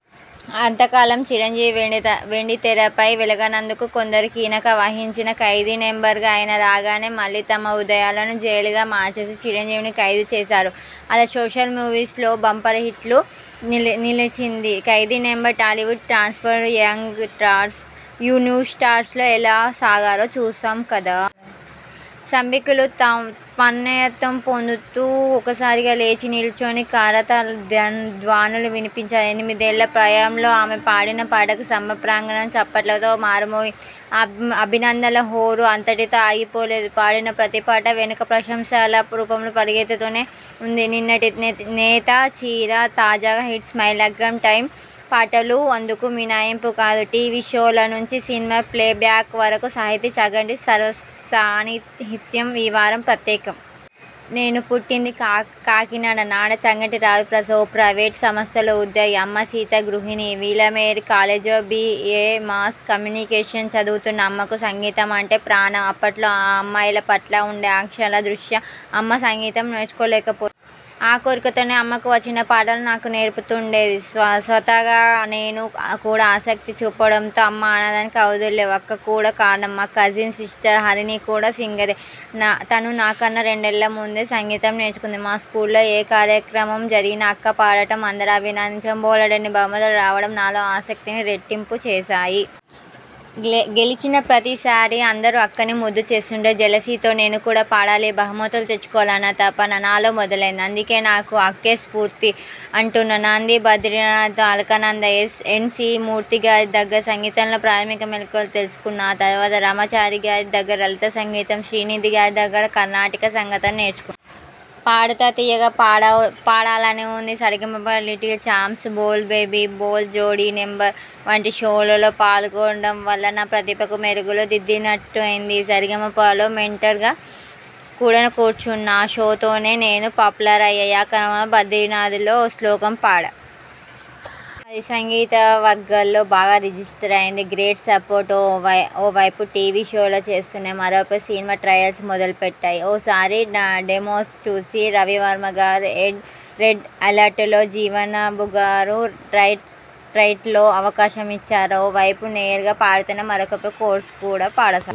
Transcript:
అంత కాలం చిరంజీవి వెండితెరపై వెలగనందుకు కొందరు కినుక వహించినా, 'ఖైదీ నంబర్ 'గా ఆయన రాగానే మళ్ళీ తమ హృదయాలను జైళ్ళుగా మార్చేసి, చిరంజీవిని ఖైదు చేశారు. అలా సోషల్ మూవీస్లో బంపర్ హిట్లు నిలచింది 'Khaidi number '. Tollywood top, young stars, new stars లో ఎలా సాగారో చూశాం కదా. సభికులు తన్యత్వం పొందుతూ ఒక్కసారిగా లేచి నిలుచుని కరతాళధ్వనులు వినిపించారు. ఎనిమిదేళ్ల ప్రాయంలో ఆమె పాడిన పాటకు సభా ప్రాంగణం చప్పట్లతో మారుమోగింది. ఆ అభినందనల హోరు అంతటితో ఆగిపోలేదు. పాడిన ప్రతిపాట వెనుకా ప్రశంసల రూపంలో పరిగెత్తుతూనే ఉంది. నిన్నటి 'నేతచీర ', తాజాగా 'ఇట్స్ మై లగ్గం టైమ్' పాటలూ అందుకు మినహాయింపు కాదు టీవీ షోల నుంచి సినిమా ప్లేబ్యాక్ వరకు సాహితీ చాగంటి సానిహిత్యం ఈవారం ప్రత్యేకం. నేను పుట్టింది కాకినాడ. నాన్న చంగటి రవి ప్రసాద్, ఓ ప్రైవేట్ సంస్థలో ఉద్యోగి. అమ్మ సీత గృహిణి. Villa Marie college B. A mass communications చదువుతున్నా. అమ్మకు సంగీతం అంటే ప్రాణం. అప్పట్లో అమ్మాయిల పట్ల ఉండే ఆంక్షల దృష్ట్యా అమ్మ సంగీతం నేర్చుకోలేకపోయింది. ఆ కోరికతోనే, అమ్మకు వచ్చిన పాటలు నాకు నేర్పుతుండేది. స్వతగా నేను కూడా ఆసక్తి చూపడంతో అమ్మ ఆనందానికి అవధుల్లేవు. అక్క కూడా కారణం మా కజిన్ సిస్టర్ హరిణి కూడా సింగరే. తను నాకన్నా రెండేళ్ల ముందే సంగీతం నేర్చుకుంది. మా స్కూల్లో ఏ కార్యక్రమం జరిగినా అక్క పాడటం, అందరూ అభినందించడం, బోలెడన్ని బహుమతులు రావడం నాలో ఆసక్తిని రెట్టింపు చేశాయి. గెలిచిన ప్రతిసారీ అందరూ అక్కని ముద్దు చేస్తుంటే జెలసీతో 'నేను కూడా పాడాలి బహుమతులు తెచ్చుకోవాలి' అన్న తపన నాలో మొదలైంది. అందుకే నాకు అక్కే స్ఫూర్తి అంటున్న నాంది 'బద్రినాథ్'తో! అలక్నంద్, ఎన్. సి. మూర్తిగారి దగ్గర సంగీతంలో ప్రాథమిక మెలకువలు తెలుసుకున్నా. ఆ తర్వాత రామాచారిగారి దగ్గర లలిత సంగీతం, శ్రీనిధిగారి దగ్గర కర్ణాటక సంగీతం నేర్చుకున్నా. 'Paadutha Theeyaga', 'Paadalani Undi', 'Sarigamapa little champs', 'Bol baby Bol', 'Jodi నం. ' వంటి షోలలో పాల్గొనడం వల్ల నా ప్రతిభకు మెరుగులు దిద్దినట్టయింది. 'సరిగమప'లో మెంటర్గా కూడా కూర్చొన్నా. ఆ షోతోనే నేను పాపులర్ అయ్యా. ఆ కమంలోనే 'బద్రినాథ్'లో ఓ శ్లోకం పాడా. అది సంగీతవర్గాల్లో బాగా రిజిస్టర్ అయింది. Great support! ఓ వైపు టీవీ షోలు చేస్తూనే, మరోవైపు సినిమా ట్రయల్స్ మొదలుపెట్టా. ఓ సారి నా డెమోస్ చూసి రవివర్మగారు 'రెడ్ ఎలర్ట్'లో, జీవన్బాబుగారు 'రైట్ రైట్'లో అవకాశమిచ్చారు. ఓ వైపు నేరుగా పాడుతూనే, మరోవైపు కోరస్ కూడా పాడసాగా.